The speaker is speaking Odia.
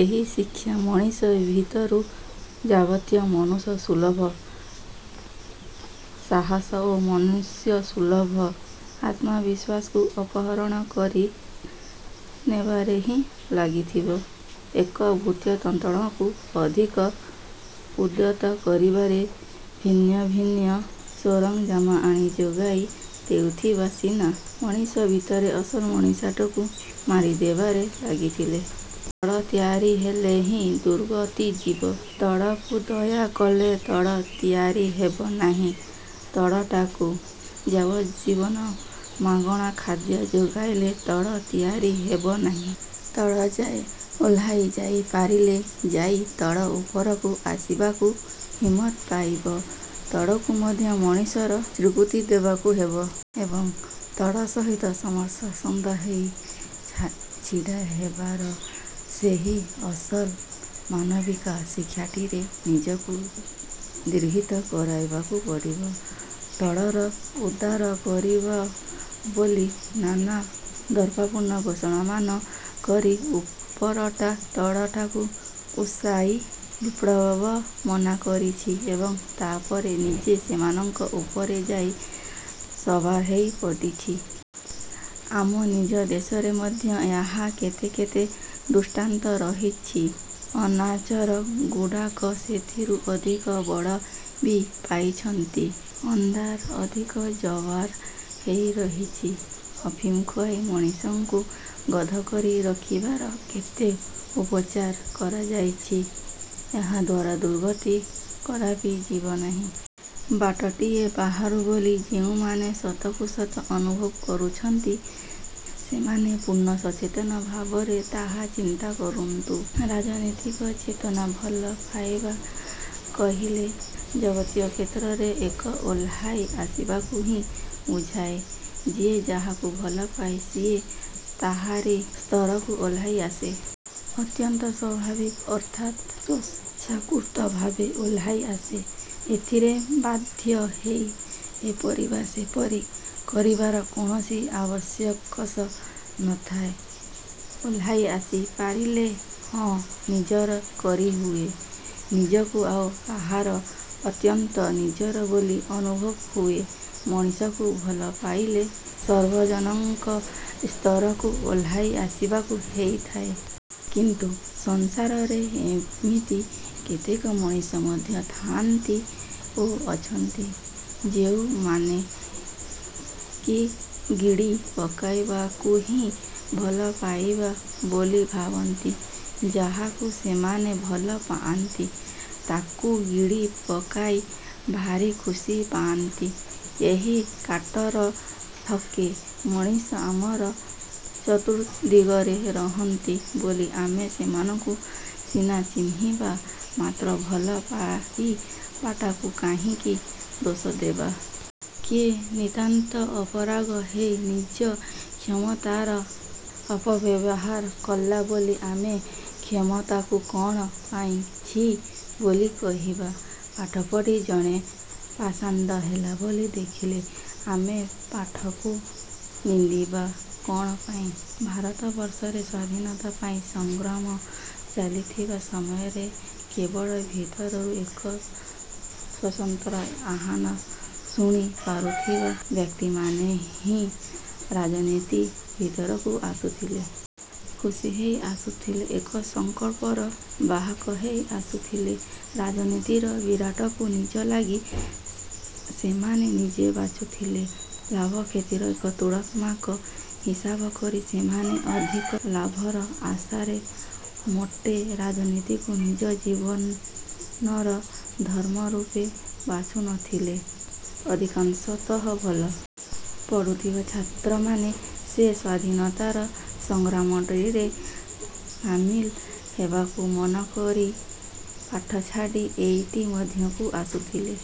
ଏହି ଶିକ୍ଷା ମଣିଷ ଭିତରୁ ଯାବତୀୟ ମନୁଷ୍ୟସୁଲଭ ସାହସ ଓ ମନୁଷ୍ୟସୁଲଭ ଆତ୍ମବିଶ୍ୱାସକୁ ଅପହରଣ କରି ନେବାରେ ହିଁ ଲାଗିଥିବ। ଏକ ଭୃତ୍ୟତନ୍ତ୍ରକୁ ଅଧିକ ଉଦ୍ଧତ କରିବାରେ ଭିନ୍ନ ଭିନ୍ନ ସରଂଜାମ ଆଣି ଯୋଗାଇ ଦେଉଥିବ ସିନା, ମଣିଷ ଭିତରେ ଅସଲ ମଣିଷଟାକୁ ମାରିଦେବାରେ ଲାଗିଥିବ। ତଳ ତିଆରି ହେଲେ ହିଁ ଦୁର୍ଗତି ଯିବ। ତଳକୁ ଦୟା କଲେ ତଳ ତିଆରି ହେବ ନାହିଁ। ତଳଟାକୁ ଯାବଜ୍ଜୀବନ ମାଗଣା ଖାଦ୍ୟ ଯୋଗାଇଲେ ତଳ ତିଆରି ହେବ ନାହିଁ। ତଳଯାଏ ଓହ୍ଲାଇ ଯାଇପାରିଲେ ଯାଇ ତଳ ଉପରକୁ ଆସିବାକୁ ହିମ୍ମତ ପାଇବ। ତଳକୁ ମଧ୍ୟ ମଣିଷର ସ୍ୱୀକୃତି ଦେବାକୁ ହେବ। ଏବଂ, ତଳ ସହିତ ସମସ୍କନ୍ଧ ହୋଇ ଛିଡ଼ା ହେବାର ସେହି ଅସଲ ମାନବିକ ଶିକ୍ଷାଟିରେ ନିଜକୁ ଦୀକ୍ଷିତ କରାଇବାକୁ ପଡ଼ିବ। ତଳର ଉଦ୍ଧାର କରିବ ବୋଲି ନାନା ଦର୍ପପୂର୍ଣ୍ଣ ଘୋଷଣାମାନ କରି ଉପରଟା ତଳଟାକୁ ଉସ୍କାଇ ବିପ୍ଳବମାନ କରିଛି ଏବଂ ତା'ପରେ ନିଜେ ସେମାନଙ୍କ ଉପରେ ଯାଇ ସବାର ହୋଇପଡ଼ିଛି। ଆମ ନିଜ ଦେଶରେ ମଧ୍ୟ ଏହାର କେତେ କେତେ ଦୃଷ୍ଟାନ୍ତ ରହିଛି। ଅନାଚାରଗୁଡ଼ାକ ସେଥିରୁ ଅଧିକ ବଳ ବି ପାଇଛନ୍ତି। ଅନ୍ଧାର ଅଧିକ ଜବର ହୋଇ ରହିଛି। ଅଫିମ ଖୁଆଇ ମଣିଷମାନଙ୍କୁ ଗଧ କରି ରଖିବାର କେତେ ଉପଚାର କରାଯାଇଛି। ଏହାଦ୍ଵାରା ଦୁର୍ଗତି କଦାପି ଯିବନାହିଁ। ବାଟଟିଏ ବାହାରୁ ବୋଲି ଯେଉଁମାନେ ସତକୁ ସତ ଅନୁଭବ କରୁଛନ୍ତି, ସେମାନେ ପୂର୍ଣ୍ଣ ସଚେତନ ଭାବରେ ତାହା ଚିନ୍ତା କରନ୍ତୁ। ରାଜନୀତିକ ଚେତନା ଭଲ ପାଇବା କହିଲେ ଯାବତୀୟ କ୍ଷେତ୍ରରେ ଏକ ଓହ୍ଲାଇ ଆସିବାକୁ ହିଁ ବୁଝାଏ। ଯିଏ ଯାହାକୁ ଭଲପାଏ, ସିଏ ତାହାରି ସ୍ତରକୁ ଓହ୍ଲାଇ ଆସେ। ଅତ୍ୟନ୍ତ ସ୍ଵାଭାବିକ ଅର୍ଥାତ୍ ସ୍ୱେଚ୍ଛାକୃତ ଭାବେ ଓହ୍ଲାଇ ଆସେ। ଏଥିରେ ବାଧ୍ୟ ହୋଇ ଏପରି ବା ସେପରି କରିବାର କୌଣସି ଅବକାଶ ନଥାଏ। ଓହ୍ଲାଇ ଆସି ପାରିଲେ ହିଁ ନିଜର କରିହୁଏ, ନିଜକୁ ଆଉ କାହାର ଅତ୍ୟନ୍ତ ନିଜର ବୋଲି ଅନୁଭବ ହୁଏ। ମଣିଷକୁ ଭଲ ପାଇଲେ ସର୍ବଜନଙ୍କର ସ୍ତରକୁ ଓହ୍ଲାଇ ଆସିବାକୁ ହୋଇଥାଏ। କିନ୍ତୁ ସଂସାରରେ ଏମିତି କେତେକ ମଣିଷ ମଧ୍ୟ ଥାଆନ୍ତି ଓ ଅଛନ୍ତି, ଯୋଉମାନେ କି ଗିଳି ପକାଇବାକୁ ହି ଭଲପାଇବା ବୋଲି ଭାବନ୍ତି। ଯାହାକୁ ସେମାନେ ଭଲ ପାଆନ୍ତି, ତାକୁ ଗିଳି ପକାଇ ଭାରି ସୁଖ ପାଆନ୍ତି। ଏହି କାଟର ଥୋକେ ମଣିଷ ଆମର ଚତୁର୍ଦ୍ଦିଗରେ ରହିଥାନ୍ତି ବୋଲି ଆମେ ସେମାନଙ୍କୁ ସିନା ଚିହ୍ନିବା, ମାତ୍ର ଭଲ ପାଇବାଟାକୁ କାହିଁକି ଦୋଷ ଦେବା? କିଏ ନିତାନ୍ତ ଅପାରଗ ହୋଇ ନିଜ କ୍ଷମତାର ଅପବ୍ୟବହାର କଲା ବୋଲି ଆମେ କ୍ଷମତାକୁ କ'ଣ ପାଇଁ ଛି ବୋଲି କହିବା? ପାଠ ପଢ଼ି ଜଣେ ପାଷଣ୍ଡ ହେଲା ବୋଲି ଦେଖିଲେ ଆମେ ପାଠଟାକୁ ନିନ୍ଦିବା କ'ଣ ପାଇଁ? ଭାରତବର୍ଷରେ ସ୍ୱାଧୀନତା ପାଇଁ ସଂଗ୍ରାମ ଚାଲିଥିବା ସମୟରେ କେବଳ ଭିତରୁ ଏକ ସ୍ୱତନ୍ତ୍ର ଆହ୍ୱାନ ଶୁଣି ପାରୁଥିବା ବ୍ୟକ୍ତିମାନେ ହିଁ ରାଜନୀତି ଭିତରକୁ ଆସୁଥିଲେ। ଖୁସି ହୋଇ ଆସୁଥଲେ, ଏକ ସଂକଳ୍ପର ବାହକ ହୋଇ ଆସୁଥିଲେ। ରାଜନୀତିର ବାଟଟିକୁ ନିଜ ଲାଗି ସେମାନେ ନିଜେ ବାଛୁଥିଲେ। ଲାଭକ୍ଷତିର ଏକ ତୁଳନାତ୍ମକ ହିସାବ କରି ସେମାନେ ଅଧିକ ଲାଭର ଆଶାରେ ମୋଟେ ରାଜନୀତିକୁ ନିଜ ଜୀବନର ଧର୍ମ ରୂପେ ବାଛୁନଥିଲେ। ଅଧିକାଂଶତଃ ଭଲ ପଢୁଥିବା ଛାତ୍ରମାନେ ଯେ ସ୍ୱାଧୀନତାର ସଂଗ୍ରାମଟିରେ ସାମିଲ ହେବାକୁ ମନକରି ପାଠ ଛାଡ଼ି ଏଇଟି ମଧ୍ୟକୁ ଆସୁଥଲେ,